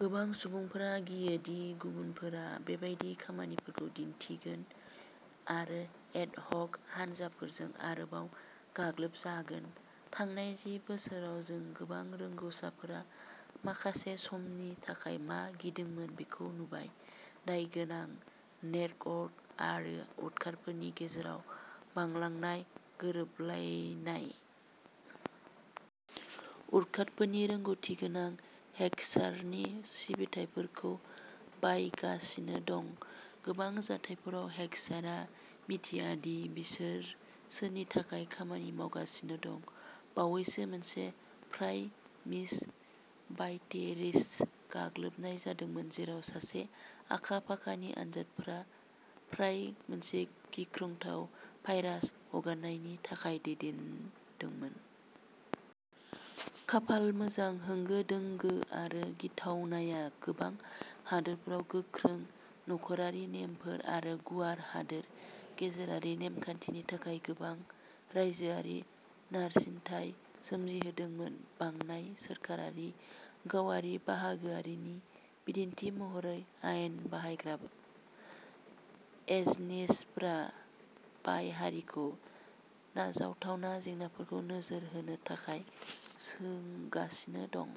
गोबां सुबुंफोरा गियो दि गुबुनफोरा बेबादि खामानिफोरखौ दिन्थिगोन आरो एडहक हानजाफोरजों आरोबाव गाग्लोबजागोन। थांनाय जि बोसोराव जों गोबां रोंग'साफोरा माखासे समनि थाखाय मा गिदोंमोन बेखौ नुबायः दायगोनां नेटवर्क आरो उदखारिफोरनि गेजेराव बांलांनाय गोरोबलायनाय। उदखारिफोरा रोंग'थिगोनां हेकर्सनि सिबिथायफोरखौ बायगासिनो दं। गोबां जाथायफोराव, हेकर्सआ मिन्थिया दि बिसोर सोरनि थाखाय खामानि मावगासिनो दं। बावैसो मोनसे फ्राय-मिस बाय'टेररिस्ट गाग्लोबनाय जादोंमोन, जेराव सासे आखा-फाखानि आनजादफोरा फ्राय मोनसे गिख्रंथाव भाइरास हगारनायनि थाखाय दैदेनदोंमोन। खाफाल मोजां, होंगो दोंगो आरो गिथावनाया गोबां हादोरफोराव गोख्रों नखरारि नेमफोर आरो गुवार हादोर गेजेरारि नेमखान्थिनि थाखाय गोबां रायजोआरि नारसिनथाय सोमजिहोदोंमोन। बांनाय सोरखारि-गावारि बाहागोआरिनि बिदिन्थि महरै, आयेन बाहायग्रा एजेन्सिफोरा बाय'हारिखौ जाथावना जेंनाफोरखौ नोजोर होनो थाखाय सोंगासिनो दं।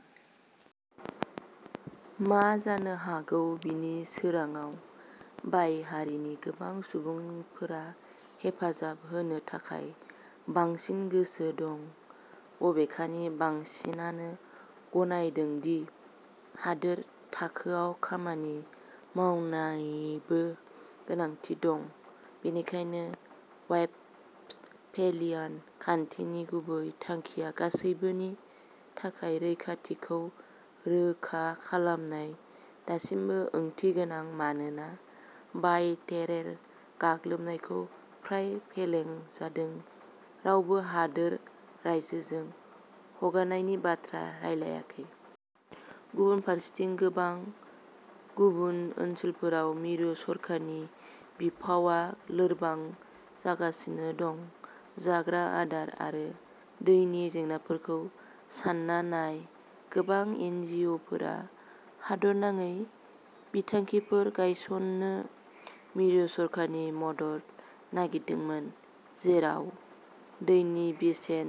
मा जानो हागौ बेनि सोरांाव, बाय'हारिनि गोबां सुबुंफोरा हेफाजाब होनो थाखाय बांसिन गोसो दं। बबेखानि, बांसिनानो गनायदों दि हादोर थाखोआव खामानि मावनायनिबो गोनांथि दं। बेनिखायनो, वेस्टफेलियान खान्थिनि गुबै थांखिया-गासिबोनि थाखाय रैखाथिखौ रोखा खालामनाय दासिमबो ओंथिगोनां; मानोना बाय'टेरर गाग्लोबनायखौ फ्राय फेलें जादों, रावबो हादोर-रायजोजों हगारनायनि बाथ्रा रायलायाखै। गुबुन फारसेथिं, गोबां गुबुन ओनसोलफोराव, मिरु सरकारनि बिफावआ लोरबां जागासिनो दं। जाग्रा आदार आरो दैनि जेंनाफोरखौ सान्ना नाय। गोबां एनजिअ'फोरा हादोरनाङै बिथांखिफोर गायसननो मिरु सरकारनि मदद नागिरदोंमोन, जेराव दैनि बेसेन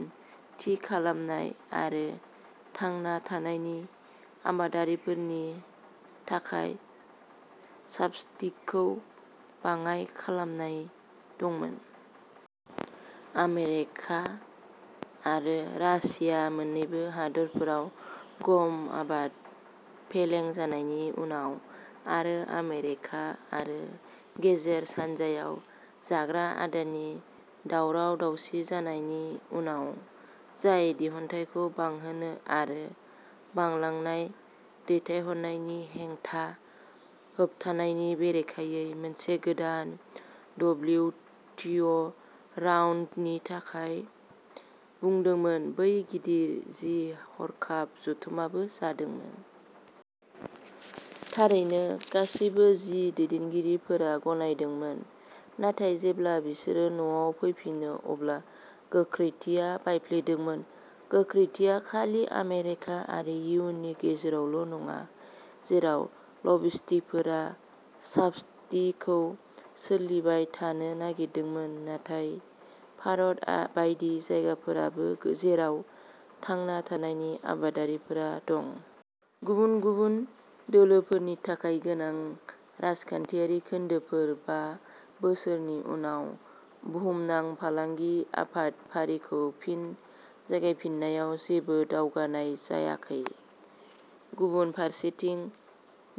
थि खालामनाय आरो थांना थानायनि आबादारिफोरनि थाखाय साब्सिडीखौ बाङाइ खालामनाय दंमोन। आमेरिका आरो रासिया मोन्नैबो हादोरफोराव गम आबाद फेलें जानायनि उनाव आरो आफ्रिका आरो गेजेर सानजायाव जाग्रा आदारनि दावराव-दावसि जानायनि उनाव-जाय दिहुनथायखौ बांहोनो आरो बांलांनाय दैथायहरनायनि हेंथा होबथानायनि बेरेखायै मोनसे गोदान डब्लिउटिअ'राउन्डनि थाखाय बुंदोंमोन-बै गिदिर जि- हरखाब जथुमबो जादोंमोन। थारैनो, गासैबो जि- दैदेनगिरिफोरा गनायदोंमोन, नाथाय जेब्ला बिसोरो न'आव फैफिनो, अब्ला गोख्रैथिया बायफ्लेदोंमोन। गोख्रैथिया खालि आमेरिका आरो इयुनि गेजेरावल'नङा, जेराव लबिस्टफोरा साब्सिडीखौ सोलिबाय थानो नागिरदोंमोन, नाथाय भारत बायदि जायगाफोरावबो जेराव थांना थानायनि आबादारिफोरा दं। गुबुन गुबुन दोलोफोरनि थाखाय गोनां राजखान्थियारि खोन्दोफोर। बा बोसोरनि उनाव बुहुमनां फालांगि आफाद फारिखौ फिन जागायफिन्नायाव जेबो दावगानाय जायाखै। गुबुन फारसेथिं,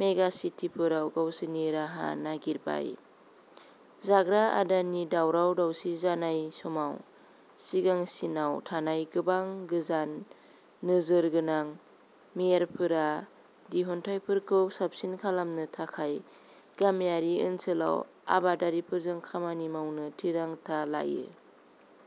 मेगासिटिफोरा गावसोरनि राहा नागिरबाय। जाग्रा आदारनि दावराव-दावसि जानाय समाव सिगांसिनाव थानाय गोबां गोजान नोजोर गोनां मेयरफोरा दिहुनथायखौ साबसिन खालामनो थाखाय गामियारि ओनसोलाव आबादारिफोरजों खामानि मावनो थिरांथा लायो।